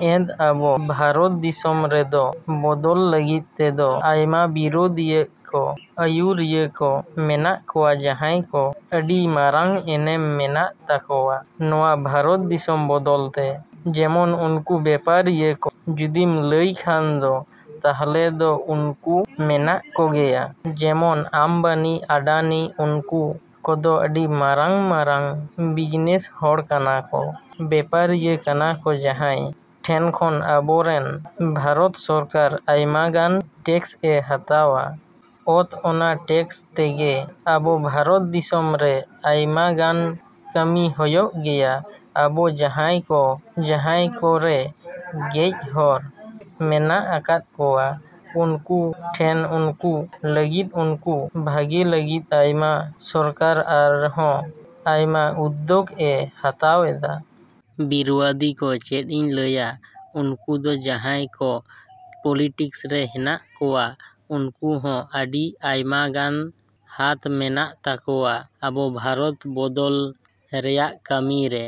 ᱮᱸᱫ ᱟᱵᱚ ᱵᱷᱟᱨᱚᱛ ᱫᱤᱥᱚᱢ ᱨᱮᱫᱚ ᱵᱚᱫᱚᱞ ᱞᱟᱹᱜᱤᱫ ᱛᱮᱫᱚ ᱟᱭᱢᱟ ᱵᱤᱨᱳᱫᱤᱭᱟᱹ ᱠᱚ, ᱟᱹᱭᱩᱨᱤᱭᱟᱹ ᱠᱚ ᱢᱮᱱᱟᱜ ᱠᱚᱣᱟ ᱡᱟᱦᱟᱸᱭ ᱠᱚ ᱟᱹᱰᱤ ᱢᱟᱨᱟᱝ ᱮᱱᱮᱢ ᱢᱮᱱᱟᱜ ᱛᱟᱠᱚᱣᱟ ᱱᱤᱭᱟᱹ ᱵᱷᱟᱨᱚᱛ ᱫᱤᱥᱚᱢ ᱵᱚᱫᱚᱞ ᱛᱮ ᱾ ᱡᱮᱢᱚᱱ ᱱᱩᱠᱩ ᱵᱮᱯᱟᱨᱤᱭᱟᱹ ᱠᱚ ᱡᱩᱫᱤᱢ ᱞᱟᱹᱭ ᱠᱷᱟᱱ ᱫᱚ ᱛᱟᱦᱚᱞᱮ ᱫᱚ ᱩᱱᱠᱩ ᱢᱮᱱᱟᱜ ᱠᱚᱜᱮᱭᱟ ᱡᱮᱢᱚᱱ ᱟᱢᱵᱟᱱᱤ, ᱟᱰᱟᱱᱤ ᱩᱱᱠᱩ ᱠᱚᱫᱚ ᱟᱹᱰᱤ ᱢᱟᱨᱟᱝᱼᱢᱟᱨᱟᱝ ᱵᱤᱡᱽᱱᱮᱥ ᱦᱚᱲ ᱠᱟᱱᱟ ᱠᱚ, ᱵᱮᱯᱟᱨᱤᱭᱟᱹ ᱠᱟᱱᱟ ᱠᱚ ᱡᱟᱦᱟᱸᱭ ᱴᱷᱮᱱ ᱠᱷᱚᱱ ᱟᱵᱚᱨᱮᱱ ᱵᱷᱟᱨᱚᱛ ᱥᱚᱨᱠᱟᱨ ᱟᱭᱢᱟ ᱜᱟᱱ ᱴᱮᱠᱥ ᱮ ᱦᱟᱛᱟᱣᱟ᱾ ᱛᱚ ᱚᱱᱟ ᱴᱮᱠᱥ ᱛᱮᱜᱮ ᱟᱵᱚ ᱵᱷᱟᱨᱚᱛ ᱫᱤᱥᱚᱢ ᱨᱮ ᱟᱭᱢᱟ ᱜᱟᱱ ᱠᱟᱹᱢᱤ ᱦᱚᱭᱚᱜ ᱜᱮᱭᱟ ᱵᱟ ᱡᱟᱦᱟᱸᱭ ᱠᱚ ᱨᱮᱸᱜᱮᱡ ᱦᱚᱲ ᱢᱮᱱᱟᱜ ᱟᱠᱟᱫ ᱠᱚᱣᱟ ᱩᱱᱠᱩ ᱴᱷᱮᱱ, ᱩᱱᱠᱩ ᱞᱟᱹᱜᱤᱫ, ᱩᱱᱠᱩ ᱵᱷᱟᱜᱮ ᱞᱟᱹᱜᱤᱫ ᱟᱭᱢᱟ ᱥᱚᱨᱠᱟᱨ ᱟᱨᱦᱚᱸ ᱟᱭᱢᱟ ᱩᱫᱽᱫᱳᱜᱽ ᱮ ᱦᱟᱛᱟᱣ ᱮᱫᱟ᱾ ᱵᱤᱨᱳᱫᱤᱭᱟᱹ ᱠᱚᱫᱚ ᱪᱮᱫ ᱤᱧ ᱞᱟᱹᱭᱟ? ᱩᱱᱠᱩ ᱫᱚ ᱡᱟᱦᱟᱸᱭ ᱠᱚ ᱯᱚᱞᱤᱴᱤᱠᱥ ᱨᱮ ᱦᱮᱱᱟᱜ ᱠᱚᱣᱟ ᱩᱱᱠᱩ ᱦᱚᱸ ᱟᱹᱰᱤ ᱟᱭᱢᱟ ᱜᱟᱱ ᱦᱟᱛ ᱢᱮᱱᱟᱜ ᱛᱟᱠᱚᱣᱟ ᱟᱵᱚ ᱵᱷᱟᱨᱚᱛ ᱵᱚᱫᱚᱞ ᱨᱮᱭᱟᱜ ᱠᱟᱹᱢᱤ ᱨᱮ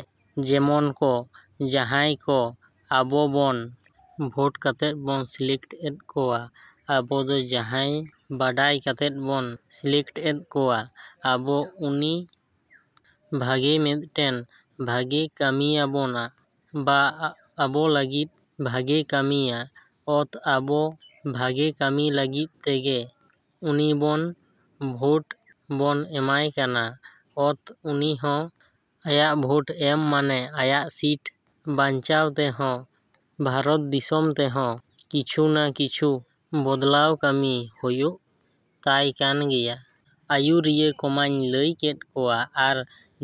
ᱡᱮᱢᱚᱱ ᱠᱚ ᱡᱟᱦᱟᱸᱭ ᱠᱚ ᱟᱵᱚ ᱵᱚᱱ ᱵᱷᱳᱴ ᱠᱟᱛᱮᱫ ᱵᱚᱱ ᱥᱤᱞᱮᱠᱴ ᱮᱫ ᱠᱚᱣᱟ, ᱟᱵᱚ ᱫᱚ ᱡᱟᱦᱟᱸᱭ ᱵᱟᱰᱟᱭ ᱠᱟᱛᱮᱫ ᱵᱚᱱ ᱥᱤᱞᱮᱠᱴ ᱮᱫ ᱠᱚᱣᱟ ᱟᱵᱚ ᱩᱱᱤ ᱵᱷᱟᱜᱮ ᱢᱤᱫᱴᱮᱱ ᱵᱷᱟᱹᱜᱤ ᱠᱟᱹᱢᱤᱭᱟᱵᱚᱱᱟ ᱵᱟ ᱟᱵᱚ ᱞᱟᱹᱜᱤᱫ ᱵᱷᱟᱹᱜᱮ ᱠᱟᱹᱢᱤᱭᱟ ᱛᱚ ᱟᱵᱚ ᱵᱷᱟᱜᱮ ᱠᱟᱹᱢᱤ ᱞᱟᱹᱜᱤᱫ ᱛᱮᱜᱮ ᱩᱱᱤ ᱵᱚᱱ ᱵᱷᱳᱴ ᱵᱚᱱ ᱮᱢᱟᱭ ᱠᱟᱱᱟ ᱛᱚ ᱩᱱᱤ ᱦᱚᱸ ᱟᱭᱟᱜ ᱵᱷᱳᱴ ᱮᱢ ᱢᱟᱱᱮ ᱟᱭᱟᱜ ᱥᱤᱴ ᱵᱟᱧᱪᱟᱣ ᱛᱮᱦᱚᱸ ᱵᱷᱟᱨᱚᱛ ᱫᱤᱥᱚᱢ ᱛᱮᱦᱚᱸ ᱠᱤᱪᱷᱩ ᱱᱟ ᱠᱤᱪᱷᱩ ᱵᱚᱫᱽᱞᱟᱣ ᱠᱟᱹᱢᱤ ᱦᱚᱭᱚᱜ ᱛᱟᱭ ᱠᱟᱱ ᱜᱮᱭᱟ᱾ ᱟᱹᱭᱩᱨᱤᱭᱟᱹ ᱠᱚᱢᱟᱧ ᱞᱟᱹᱭ ᱠᱮᱫ ᱠᱚᱣᱟ ᱟᱨ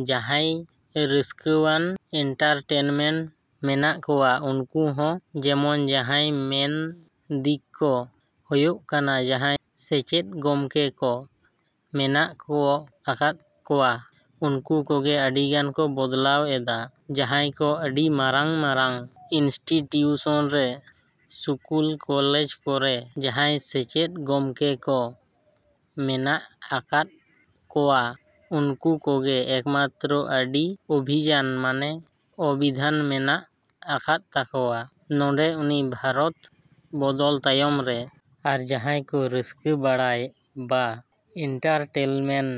ᱡᱟᱦᱟᱸᱭ ᱨᱟᱹᱥᱠᱟᱹᱣᱟᱱ, ᱮᱱᱴᱟᱨᱴᱮᱱᱢᱮᱱᱴ ᱢᱮᱱᱟᱜ ᱠᱚᱣᱟ ᱩᱱᱠᱩ ᱦᱚᱸ ᱡᱮᱢᱚᱱ ᱡᱟᱦᱟᱸᱭ ᱢᱮᱱ ᱫᱤᱠ ᱠᱚ ᱦᱚᱭᱚᱜ ᱠᱟᱱᱟ ᱡᱟᱦᱟᱸᱭ ᱥᱮᱪᱮᱫ ᱜᱚᱢᱠᱮ ᱠᱚ ᱢᱮᱱᱟᱜ ᱟᱠᱟᱫ ᱠᱚᱣᱟ ᱩᱱᱠᱩ ᱠᱚᱜᱮ ᱟᱹᱰᱤ ᱜᱟᱱ ᱠᱚ ᱵᱚᱫᱞᱟᱣ ᱮᱫᱟ ᱡᱟᱦᱟᱸᱭ ᱠᱚ ᱟᱹᱰᱤ ᱢᱟᱨᱟᱝᱼᱢᱟᱨᱟᱝ ᱤᱱᱥᱴᱤᱴᱤᱭᱩᱥᱚᱱ ᱨᱮ, ᱥᱠᱩᱞ, ᱠᱚᱞᱮᱡᱽ ᱠᱚᱨᱮ ᱡᱟᱦᱟᱸᱭ ᱥᱮᱪᱮᱫ ᱜᱚᱢᱠᱮ ᱠᱚ ᱢᱮᱱᱟᱜ ᱟᱠᱟᱫ ᱠᱚᱣᱟ ᱩᱱᱠᱩ ᱠᱚᱜᱮ ᱮᱠᱢᱟᱛᱨᱚ ᱟᱹᱰᱤ ᱚᱵᱷᱤᱡᱟᱱ ᱢᱟᱱᱮ ᱚᱵᱷᱤᱫᱷᱟᱱ ᱢᱮᱱᱟᱜ ᱟᱠᱟᱫ ᱛᱟᱠᱚᱣᱟ ᱱᱚᱸᱰᱮ ᱩᱱᱤ ᱵᱷᱟᱨᱚᱛ ᱵᱚᱫᱚᱞ ᱛᱟᱭᱚᱢ ᱨᱮ᱾ ᱟᱨ ᱡᱟᱸᱦᱟᱭ ᱠᱚ ᱨᱟᱹᱥᱠᱟᱹ ᱵᱟᱲᱟᱭ ᱵᱟ ᱮᱱᱴᱟᱨᱴᱮᱱᱢᱮᱱᱴ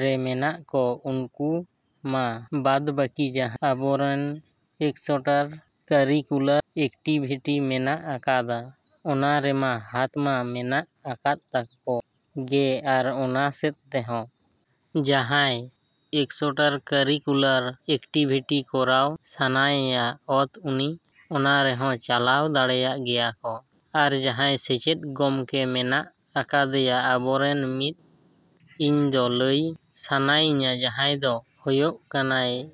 ᱨᱮ ᱢᱮᱱᱟᱜ ᱠᱚ ᱩᱱᱠᱩ ᱢᱟ ᱵᱟᱫᱽ ᱵᱟᱠᱤ ᱡᱟᱦᱟᱸ ᱟᱵᱚᱨᱮᱱ ᱮᱠᱥᱴᱨᱟ ᱠᱟᱨᱤᱠᱩᱞᱟᱨ ᱮᱠᱴᱤᱵᱷᱤᱴᱤ ᱢᱮᱱᱟᱜ ᱟᱠᱟᱫᱟ ᱚᱱᱟ ᱨᱮᱢᱟ ᱦᱟᱛ ᱢᱟ ᱢᱮᱱᱟᱜ ᱟᱠᱟᱫ ᱛᱟᱠᱚ ᱜᱮ ᱟᱨ ᱚᱱᱟ ᱥᱮᱫ ᱛᱮᱦᱚᱸ ᱡᱟᱸᱦᱟᱭ ᱮᱠᱥᱴᱨᱟ ᱠᱟᱨᱤᱠᱩᱞᱟᱨ ᱮᱠᱴᱤᱵᱷᱤᱴᱤ ᱠᱚᱨᱟᱣ ᱥᱟᱱᱟᱭᱮᱭᱟ ᱛᱚ ᱩᱱᱤ ᱚᱱᱟ ᱨᱮᱦᱚᱸ ᱪᱟᱞᱟᱣ ᱫᱟᱲᱮᱭᱟᱜ ᱜᱮᱭᱟ ᱠᱚ ᱟᱨ ᱡᱟᱦᱟᱭ ᱥᱮᱪᱮᱫ ᱜᱚᱢᱠᱮ ᱢᱮᱱᱟᱜ ᱟᱠᱟᱫᱮᱭᱟ ᱟᱵᱚᱨᱮᱱ ᱢᱤᱫ ᱴᱮᱱ ᱤᱧ ᱫᱚ ᱞᱟᱹᱭ ᱥᱟᱱᱟᱭᱤᱧᱟ ᱡᱟᱦᱟᱭ ᱫᱚ ᱦᱚᱭᱚᱜ ᱠᱟᱱᱟᱭ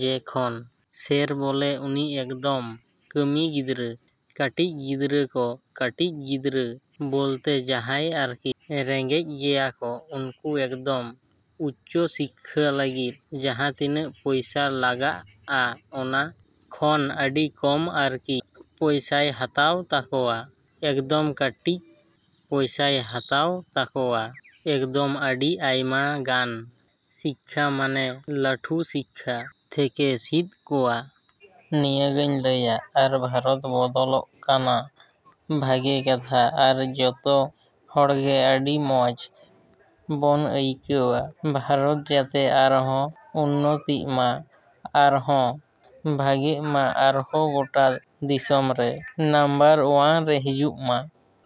ᱡᱮ ᱠᱷᱟᱱ ᱥᱮᱨ ᱵᱚᱞᱮ ᱩᱱᱤ ᱮᱠᱫᱚᱢ ᱠᱟᱹᱴᱤᱡ ᱜᱤᱫᱽᱨᱟᱹ, ᱠᱟᱹᱴᱤᱡ ᱜᱤᱫᱽᱨᱟᱹ ᱠᱚ, ᱠᱟᱹᱴᱤᱡ ᱜᱤᱫᱽᱨᱟᱹ ᱵᱚᱞᱛᱮ ᱡᱟᱦᱟᱭ ᱟᱨᱠᱤ ᱨᱮᱸᱜᱮᱡ ᱜᱮᱭᱟᱠᱚ ᱩᱱᱠᱩ ᱮᱠᱫᱚᱢ ᱩᱪᱪᱚ ᱥᱤᱠᱠᱷᱟ ᱞᱟᱹᱜᱤᱫ ᱡᱟᱦᱟ ᱛᱤᱱᱟᱹᱜ ᱯᱚᱭᱥᱟ ᱞᱟᱜᱟᱜᱼᱟ ᱚᱱᱟ ᱠᱷᱚᱱ ᱟᱹᱰᱤ ᱠᱚᱢ ᱟᱨᱠᱤ ᱯᱚᱭᱥᱟᱭ ᱦᱟᱛᱟᱣ ᱛᱟᱠᱚᱣᱟ ᱮᱠᱫᱚᱢ ᱠᱟᱹᱴᱤᱡ ᱯᱚᱭᱥᱟᱭ ᱦᱟᱛᱟᱣ ᱛᱟᱠᱚᱣᱟ ᱟᱨ ᱮᱠᱫᱚᱢ ᱟᱹᱰᱤ ᱟᱭᱢᱟ ᱜᱟᱱ ᱥᱤᱠᱠᱷᱟ ᱢᱟᱱᱮ ᱞᱟᱹᱴᱩ ᱥᱤᱠᱠᱷᱟ ᱛᱷᱮᱠᱮ ᱤᱫᱤ ᱠᱚᱣᱟ᱾ ᱤᱱᱟᱹᱜᱤᱧ ᱞᱟᱹᱭᱟ ᱟᱨ ᱵᱷᱟᱨᱚᱛ ᱵᱚᱫᱚᱞᱚᱜ ᱠᱟᱱᱟ ᱵᱷᱟᱹᱜᱮ ᱠᱟᱛᱷᱟ ᱟᱨ ᱡᱷᱚᱛᱚ ᱦᱚᱲ ᱜᱮ ᱟᱹᱰᱤ ᱢᱚᱸᱡᱽ ᱵᱚᱱ ᱟᱹᱭᱠᱟᱹᱣᱟ ᱵᱷᱟᱨᱚᱛ ᱡᱟᱛᱮ ᱟᱨᱦᱚᱸ ᱩᱱᱱᱚᱛᱤᱜᱼᱢᱟ, ᱟᱨᱦᱚᱸ ᱵᱷᱟᱜᱮᱜ ᱢᱟ, ᱟᱨᱦᱚ ᱜᱳᱴᱟ ᱫᱤᱥᱚᱢ ᱨᱮ ᱱᱟᱢᱵᱟᱨ ᱚᱣᱟᱱ ᱨᱮ ᱦᱤᱡᱩᱜ ᱢᱟ᱾।